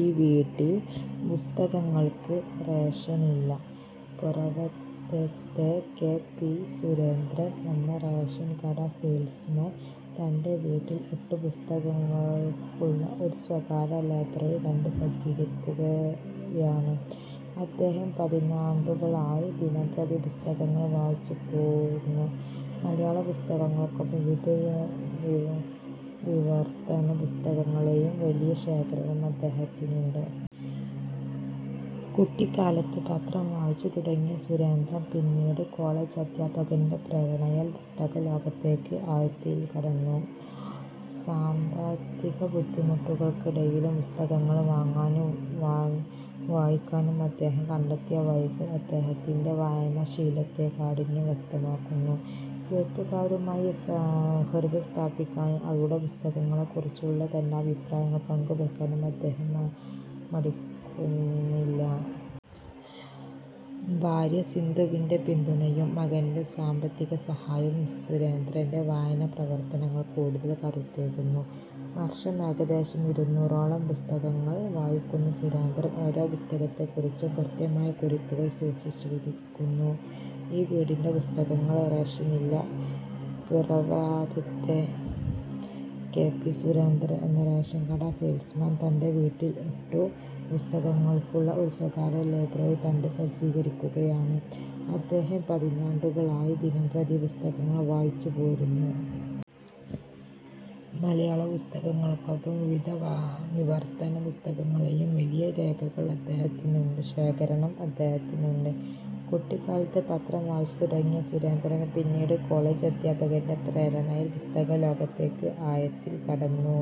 ഈ വീട്ടിൽ പുസ്തകങ്ങൾക്ക് റേഷനില്ല! പിറവത്തെ കെ. പി. സുരേന്ദ്രൻ എന്ന റേഷൻ കട സെയിൽസ്മാൻ, തന്റെ വീട്ടിൽ എട്ടു പുസ്തകങ്ങളുള്ള ഒരു സ്വകാര്യ ലൈബ്രറി തന്നെ സജ്ജീകരിച്ചിരിക്കുകയാണ്, അദ്ദേഹം പതിറ്റാണ്ടുകളായി ദിനംപ്രതി പുസ്തകങ്ങൾ വായിച്ചുപോരുന്നു. മലയാള പുസ്തകങ്ങൾക്കൊപ്പം വിവിധ വിവർത്തന പുസ്തകങ്ങളുടെയും വലിയ ശേഖരം അദ്ദേഹത്തിനുണ്ട്. കുട്ടിക്കാലത്ത് പത്രം വായിച്ചുതുടങ്ങിയ സുരേന്ദ്രൻ, പിന്നീട് കോളേജ് അധ്യാപകന്റെ പ്രേരണയാൽ പുസ്തക ലോകത്തേക്ക് ആഴത്തിൽ കടന്നു. സാമ്പത്തിക ബുദ്ധിമുട്ടുകൾക്കിടയിലും പുസ്തകങ്ങൾ വാങ്ങാനും വായിക്കാനും അദ്ദേഹം കണ്ടെത്തിയ വഴികൾ, അദ്ദേഹത്തിന്റെ വായനാശീലത്തിന്റെ കാഠിന്യം വ്യക്തമാക്കുന്നു. എഴുത്തുകാരുമായി സൗഹൃദം സ്ഥാപിക്കാനും അവരുടെ പുസ്തകങ്ങളെക്കുറിച്ചുള്ള തന്റെ അഭിപ്രായങ്ങൾ പങ്കുവെക്കാനും അദ്ദേഹം മടിക്കുന്നില്ല. ഭാര്യ സിന്ധുവിന്റെ പിന്തുണയും മകന്റെ സാമ്പത്തിക സഹായവും സുരേന്ദ്രന്റെ വായനാപ്രവർത്തനങ്ങൾക്ക് കൂടുതൽ കരുത്തേകുന്നു. വർഷം ഏകദേശം ഇരുന്നൂറോളം പുസ്തകങ്ങൾ വായിക്കുന്ന സുരേന്ദ്രൻ, ഓരോ പുസ്തകത്തെക്കുറിച്ചും കൃത്യമായ കുറിപ്പുകൾ സൂക്ഷിക്കുന്നു. ഈ വീട്ടിൽ പുസ്തകങ്ങൾക്ക് റേഷനില്ല! പിറവത്തെ കെ. പി. സുരേന്ദ്രൻ എന്ന റേഷൻ കട സെയിൽസ്മാൻ, തന്റെ വീട്ടിൽ എട്ടു പുസ്തകങ്ങളുള്ള ഒരു സ്വകാര്യ ലൈബ്രറി തന്നെ സജ്ജീകരിച്ചിരിക്കുകയാണ്, അദ്ദേഹം പതിറ്റാണ്ടുകളായി ദിനംപ്രതി പുസ്തകങ്ങൾ വായിച്ചുപോരുന്നു. മലയാള പുസ്തകങ്ങൾക്കൊപ്പം വിവിധ വിവർത്തന പുസ്തകങ്ങളുടെയും വലിയ ശേഖരം അദ്ദേഹത്തിനുണ്ട്. കുട്ടിക്കാലത്ത് പത്രം വായിച്ചുതുടങ്ങിയ സുരേന്ദ്രൻ, പിന്നീട് കോളേജ് അധ്യാപകന്റെ പ്രേരണയാൽ പുസ്തക ലോകത്തേക്ക് ആഴത്തിൽ കടന്നു.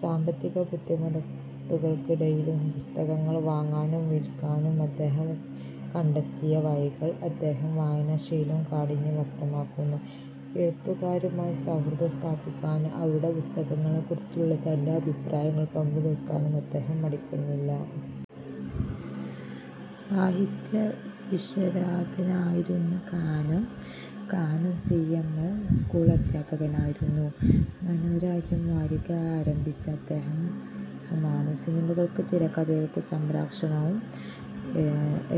സാമ്പത്തിക ബുദ്ധിമുട്ടുകൾക്കിടയിലും പുസ്തകങ്ങൾ വാങ്ങാനും വായിക്കാനും അദ്ദേഹം കണ്ടെത്തിയ വഴികൾ, അദ്ദേഹത്തിന്റെ വായനാശീലത്തിന്റെ കാഠിന്യം വ്യക്തമാക്കുന്നു. എഴുത്തുകാരുമായി സൗഹൃദം സ്ഥാപിക്കാനും അവരുടെ പുസ്തകങ്ങളെക്കുറിച്ചുള്ള തന്റെ അഭിപ്രായങ്ങൾ പങ്കുവെക്കാനും അദ്ദേഹം മടിക്കുന്നില്ല. സാഹിത്യവിശാരദനായിരുന്ന Kanam, Kanam C. M. S. സ്കൂളുകളിൽ അധ്യാപകനായിരുന്നു. 'മനോരാജ്യം' വാരിക ആരംഭിച്ചത് അദ്ദേഹമാണ്. സിനിമകൾക്ക് തിരക്കഥയും സംഭാഷണവും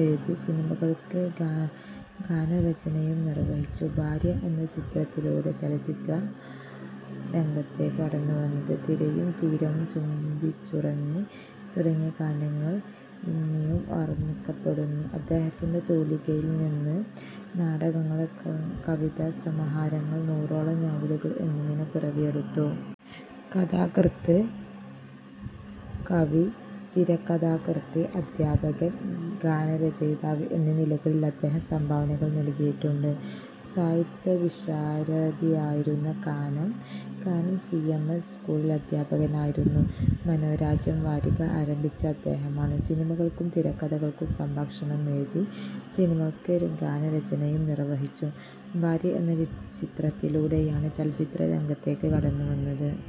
എഴുതി, സിനിമകൾക്ക് ഗാനരചനയും നിർവഹിച്ചു. 'ഭാര്യ' എന്ന ചിത്രത്തിലൂടെയാണ് ചലച്ചിത്രരംഗത്തേക്ക് കടന്നുവന്നത്. 'തിരയും തീരവും ചുംബിച്ചുറങ്ങി' തുടങ്ങിയ ഗാനങ്ങൾ ഇന്നും ഓർമ്മിക്കപ്പെടുന്നു. അദ്ദേഹത്തിന്റെ തൂലികയിൽ നിന്ന് നാടകങ്ങൾ, കവിതാസമാഹാരങ്ങൾ, നൂറോളം നോവലുകൾ എന്നിവയും പിറവിയെടുത്തു. കഥാകൃത്ത്, കവി, തിരക്കഥാകൃത്ത്, അധ്യാപകൻ, ഗാനരചയിതാവ് എന്നീ നിലകളിൽ അദ്ദേഹം സംഭാവനകൾ നൽകിയിട്ടുണ്ട്. സാഹിത്യവിശാരദനായിരുന്ന Kanam, Kanam C. M. S. സ്കൂളുകളിൽ അധ്യാപകനായിരുന്നു. 'മനോരാജ്യം' വാരിക ആരംഭിച്ചത് അദ്ദേഹമാണ്. സിനിമകൾക്ക് തിരക്കഥയും സംഭാഷണവും എഴുതി, സിനിമകൾക്ക് ഗാനരചനയും നിർവഹിച്ചു. 'ഭാര്യ' എന്ന ചിത്രത്തിലൂടെയാണ് ചലച്ചിത്രരംഗത്തേക്ക് കടന്നുവന്നത്.